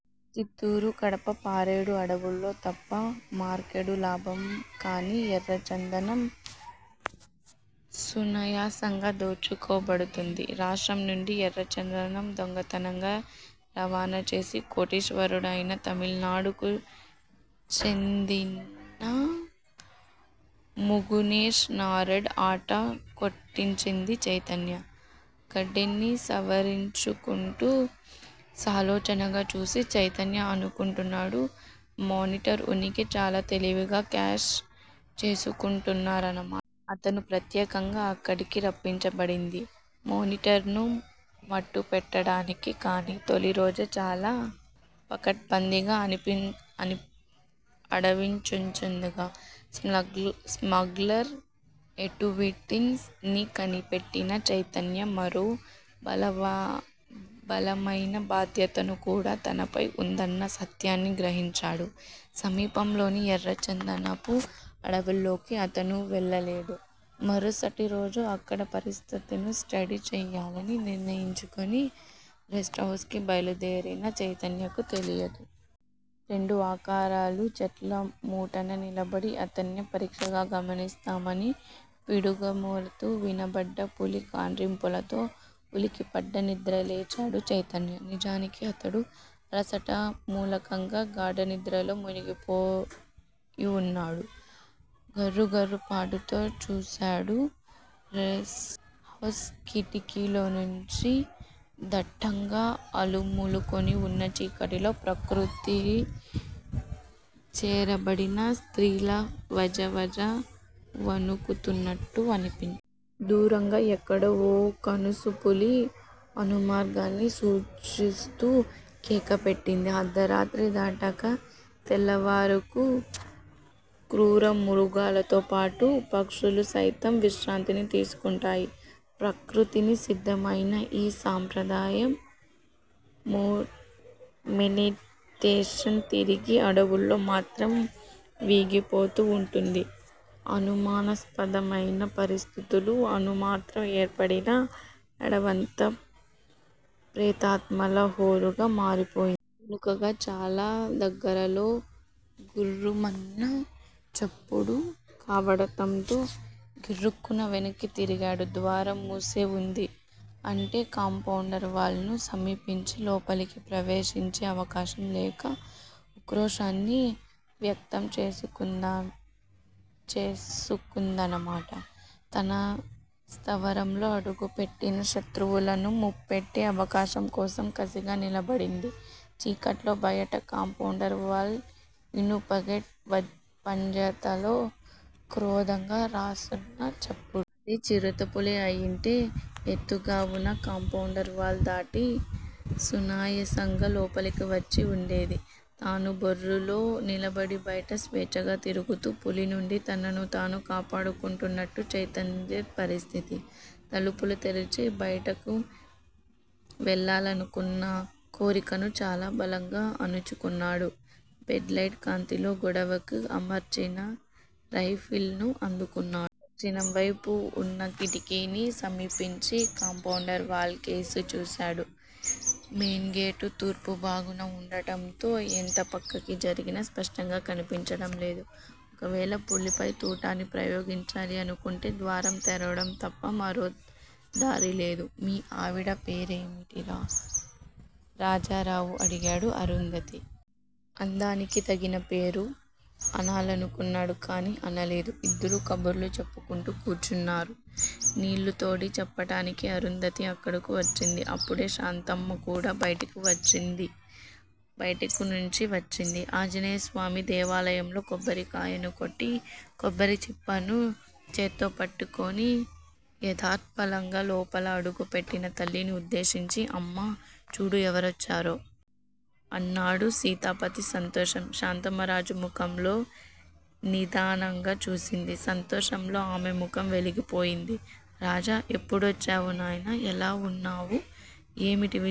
చిత్తూరు, కడప, పాడేరు అడవులలో తప్ప మరెక్కడా లభ్యం కాని ఎర్రచందనం సునాయాసంగా దోచుకోబడుతూంది. రాష్ట్రం నుండి ఎర్రచందనం దొంగతనంగా రవాణాచేసి కోటీశ్వరుడయిన తమిళనాడుకు చెందిన ముగునేశ్ నాడార్ ఆట కట్టించింది చైతన్య. గెడ్డాన్ని సవరించుకుంటూ సాలోచనగా చూసిన చైతన్య అనుకున్నాడు మేనీటర్ ఉనికిని చాలా తెలివిగా కాష్ చేసుకుంటున్నారన్నమాట. అతను ప్రత్యేకంగా అక్కడికి రప్పించబడింది మేనీటర్ ను మట్టుపెట్టడానికి. కానీ తొలి రోజునే చాలా పకడ్భందీగా అడవినిదోచుకుంటున్న స్మగ్లర్ల ఏక్టువిటీస్ ని కనిపెట్టిన చైతన్య మరో బలమయిన బాధ్యతనుకూడా తనపై వుందన్న సత్యాన్ని గ్రహించాడు. సమీపంలోని ఎర్రచందనపు అడవిలోకి అతను వెళ్ళలేదు. మరుసటిరోజు అక్కడి పరిస్థితిని స్టడీ చేయాలని నిర్ణయించుకుని రెస్టుహౌస్ కి బయలుదేరిన చైతన్యకు తెలీదు. రెండు ఆకారాలు చెట్లమాటున నిలబడి అతన్నే పరీక్షగా గమనిస్తున్నాయని. పిడుగుమోతలా వినబడ్డ పులి గాండ్రింపుతో ఉలికిపడి నిద్రలేచాడు చైతన్య. నిజానికి అతడు అలసట మూలంగా గాఢనిద్రలో మునిగిపోయివున్నాడు. గగుర్పాటుతో చూశాడు రెస్టుహౌస్ కిటికీలోంచి. దట్టంగా అలుముకుని వున్న చీకటిలో ప్రకృతి చెరచబడిన స్త్రీలా వజవజా వణుకుతూన్నట్టనిపించింది. దూరంగా ఎక్కడో ఓ కణుసు పులి ఆగమనాన్ని సూచిస్తూ కేక పెట్టింది. అర్దరాత్రి దాటేక తెల్లవారేవరకూ క్రూరమృగాలతోపాటు పక్షులు సైతం విశ్రాంతిని తీసుకుంటాయి. ప్రకృతి సిద్ధమయిన ఈ సంప్రదాయం మేనీటర్స్ తిరిగే అడవుల్లో మాత్రం వీగిపోతూ వుంటుంది. అనుమానాస్పదమయిన పరిస్థితులు అణుమాత్రం ఏర్పడినా, అడవంతా ప్రేతాత్మల హోరుగా మారిపోతుంది. వెనుకగా చాలా దగ్గర్లో గుర్రుమన్న చప్పుడు కావడంతో గిరుక్కున వెనక్కి తిరిగాడు. ద్వారంమూసే వుంది. అంటే కాంపౌండువాల్ ను సమీపించి లోపలికి ప్రవేశించే అవకాశం లేక ఉక్రోషాన్ని వ్యక్తం చేస్తూందన్నమాట. తన స్థావరంలో అడుగుపెట్టిన శత్రువును మట్టుపెట్టే అవకాశం కోసం కసిగా నిలబడింది చీకటిలో. బయట కాంపౌండ్ వాల్ ఇనుపగేటుపై పంజాతో క్రోధంగా రాస్తున్న చప్పుడు. అదే చిరుతపులి అయ్యుంటే ఎత్తుగావున్న కాంపౌండ్ వాల్ దాటి సునాయాసంగా లోపలికివచ్చి వుండేది. తను బోనులో నిలబడి బయట స్వేచ్ఛగా తిరుగుతున్న పులి నుంచి తనను తాను కాపాడుకుంటున్నట్టుంది చైతన్య పరిస్థితి. తలుపు తెరిచి బయటకు వెళ్ళాలనుకున్న కోరికను చాలా బలంగా అణుచుకున్నాడు. బెడ్ లైట్ కాంతిలో గోడకి అమర్చిన రైఫిల్ ను అందుకున్నాడు. దక్షిణంవేపున వున్న కిటికీని సమీపించి కాంపౌండ్ వాల్ కేసి చూశాడు. మెయిన్ గేటు తూర్పుభాగాన ఉండటంతో ఎంత పక్కకి జరిగినా స్పష్టంగా కనిపించడంలేదు. ఒకవేళ పులిపై తూటాని ప్రయోగించాలి అనుకుంటే ద్వారం తెరవడం తప్ప మరో దారిలేదు. మీ ఆవిడ పేరేమిటిరా? రాజారావు అడిగాడు. అరుంధతి! అందానికి తగిన పేరు అనాలనుకున్నాడు కాని అనలేదు. ఇద్దరూ కబుర్లు చెప్పుకుంటూ కూచున్నారు. నీళ్ళు తోడి చెప్పటానికి అరుంధతి అక్కడకు వచ్చింది. అప్పుడే శాంతమ్మ కూడా బయటినుంచి వచ్చింది. ఆంజనేయస్వామి దేవాలయంలో కొబ్బరి కాయను కొట్టి, కొబ్బరిచిప్పను చేత్తో పట్టుకుని యథాలాపంగా లోపల అడుగు పెట్టిన తల్లిని ఉద్దేశించి, అమ్మా చూడు ఎవరొచ్చారో! అన్నాడు సీతాపతి సంతోషంగా. శాంతమ్మ రాజా ముఖంలోకి నిదానంగా చూసింది. సంతోషంతో ఆమె ముఖం వెలిగిపోయింది. రాజా! ఎప్పుడొచ్చావు నాయనా! ఎలా వున్నావు? ఏమిటీ వేషం?